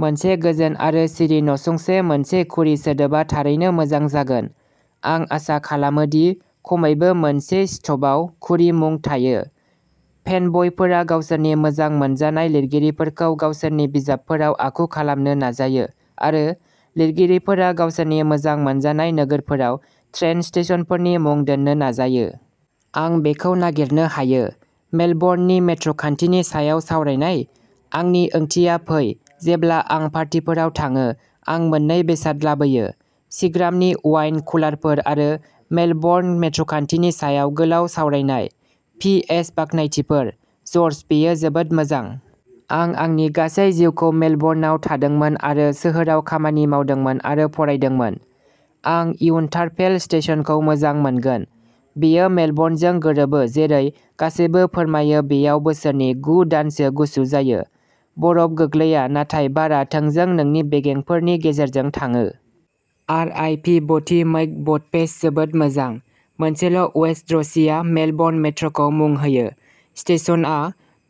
मोनसे गोजोन आरो सिरि नसुंसे मोनसे कुरि सोदोबआ थारैनो मोजां जागोन, आं आसा खालामो दि खमैबो मोनसे स्टपआव कुरि मुं थायो। फेनब'यफोरा गावसोरनि मोजां मोनजानाय लिरगिरिफोरखौ गावसोरनि बिजाबफोराव आखु खालामनो नाजायो आरो लिरगिरिफोरा गावसोरनि मोजां मोनजानाय नोगोरफोराव ट्रेन स्टेशनफोरनि मुं दोन्नो नाजायो। आं बेखौ नागिरनो हायो। मेलबर्ननि मेट्र'खान्थिनि सायाव सावरायनाय? आंनि ओंथिया फै जेब्ला आं पार्टीफोराव थाङो आं मोननै बेसाद लाबोयो। सिग्रामनि वाइन कुलारफोर आरो मेलबर्न मेट्र'खान्थिनि सायाव गोलाव सावरायनाय। पि एस बाख्नायथिफोर, जर्ज बेयो जोबोद मोजां। आं आंनि गासै जिउखौ मेलबर्नआव थादोंमोन आरो सोहोराव खामानि मावदोंमोन आरो फरायदोंमोन। आं इउन्टारफेल स्टेशनखौ मोजां मोनगोन। बेयो मेलबर्नजों गोरोबो जेरै गासैबो फोरमायो बेयाव बोसोरनि गु दानसो गुसु जायो। बरफ गोग्लैया नाथाय बारआ थोंजों नोंनि बेगेंफोरनि गेजेरजों थाङो। आर आइ बि ब'टी मैक बटफेस जोबोद मोजां। मोनसेल' वेस्ट र'सीआ मेलबर्न मेट्रखौ मुं होयो। स्टेशनआ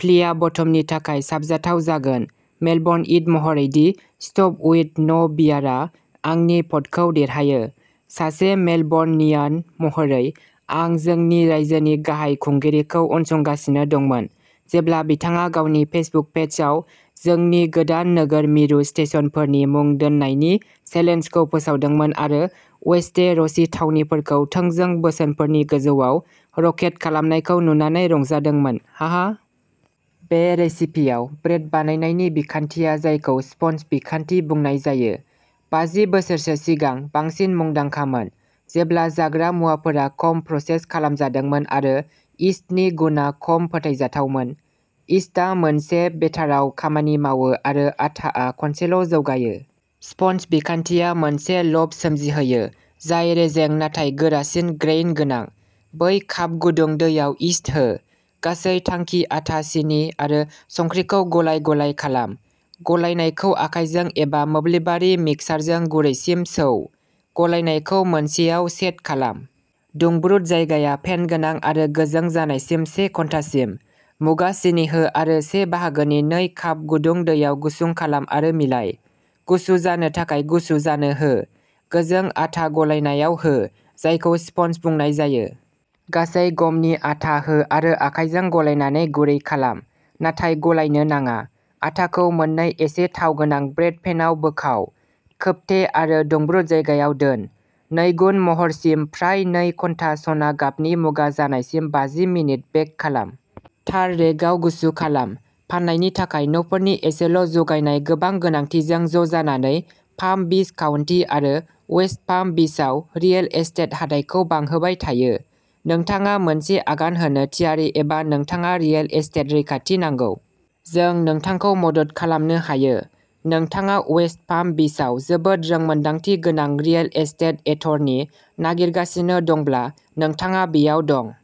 फ्लिया बटम नि थाखाय साबजाथाव जागोन मेलबर्नइट महरै दि स्टप विद न'बियारआ आंनि भ'टखौ देरहायो। सासे मेलबर्न‌ नियान महरै आं जोंनि रायजोनि गाहाय खुंगिरिखौ उनसंगासिनो दंमोन जेब्ला बिथाङा गावनि फेसबुक पेजआव जोंनि गोदान नोगोर मिरु स्टेशनफोरनि मुं दोननायनि चेलेन्जखौ फोसावदोंमोन आरो वेस्टे र'सि थावनिफोरखौ थोंजों बोसोनफोरनि गोजौआव रकेट खालामनायखौ नुनानै रंजादोंमोन हाहा। बे रेसिपिआव ब्रेड बानायनायनि बिखान्थिया जायखौ स्पन्ज बिखान्थि बुंनाय जायो। बाजि बोसोरसो सिगां बांसिन मुंदांखामोन। जेब्ला जाग्रा मुवाफोरा खम प्रसेस खालामजादोंमोन आरो इस्टनि गुनआ खम फोथायजाथावमोन। इस्टआ मोनसे बेटाराव खामानि मावो आरो आटाआ खनसेल' जौगायो। स्पन्ज बिखान्थिया मोनसे ल'फ सोमजिहोयो जाय रेजें नाथाय गोरासिन ग्रेइन गोनां। बै काप गुदुं दैयाव इस्ट हो। गासै थांखि आटा सिनि आरो संख्रिखौ गलाय-गलाय खालाम। गलायनायखौ आखायजों एबा मोब्लिबारि मिक्सारजों गुरैसिम सौ। गलायनायखौ मोनसेआव सेट खालाम। दुंब्रुद जायगाया फेन गोनां आरो गोजों जानायसिम से घन्टासिम। मुगा सिनि हो आरो से बाहागोनि नै काप गुदुं दैयाव गुसुं खालाम आरो मिलाय। गुसु जानो थाखाय गुसु जानो हो। गोजों आटा गलायनायाव हो, जायखौ स्पन्ज बुंनाय जायो। गासै गमनि आटा हो आरो आखायजों गलायनानै गुरै खालाम, नाथाय गलायनो नाङा। आटाखौ मोननै एसे थाव गोनां ब्रेड पेनआव बोखाव, खोबथे आरो दुंब्रुद जायगायाव दोन। नैगुन महरसिम फ्राय नै घन्टा सना गाबनि मुगा जानायसिम बाजि मिनिट बेक खालाम। तार रेकआव गुसु खालाम। फान्नायनि थाखाय न'फोरनि एसेल' जगायनाय गोबां गोनांथिजों ज'जानानै पाम बिच काउनटि आरो वेस्ट पाम बिचआव रियेल एस्टेट हाथाइखौ बांहोबाय थायो। नोंथाङा मोनसे आगान होनो थियारि एबा नोंथाङा रियेल एस्टेट रैखाथि नांगौ। जों नोंथांखौ मदद खालामनो हायो। नोंथाङा वेस्ट पाम बिचआव जोबोद रोंमोनदांथि गोनां रियेल एस्टेट एटरनि नागिरगासिनो दंब्ला, नोंथाङा बेयाव दं।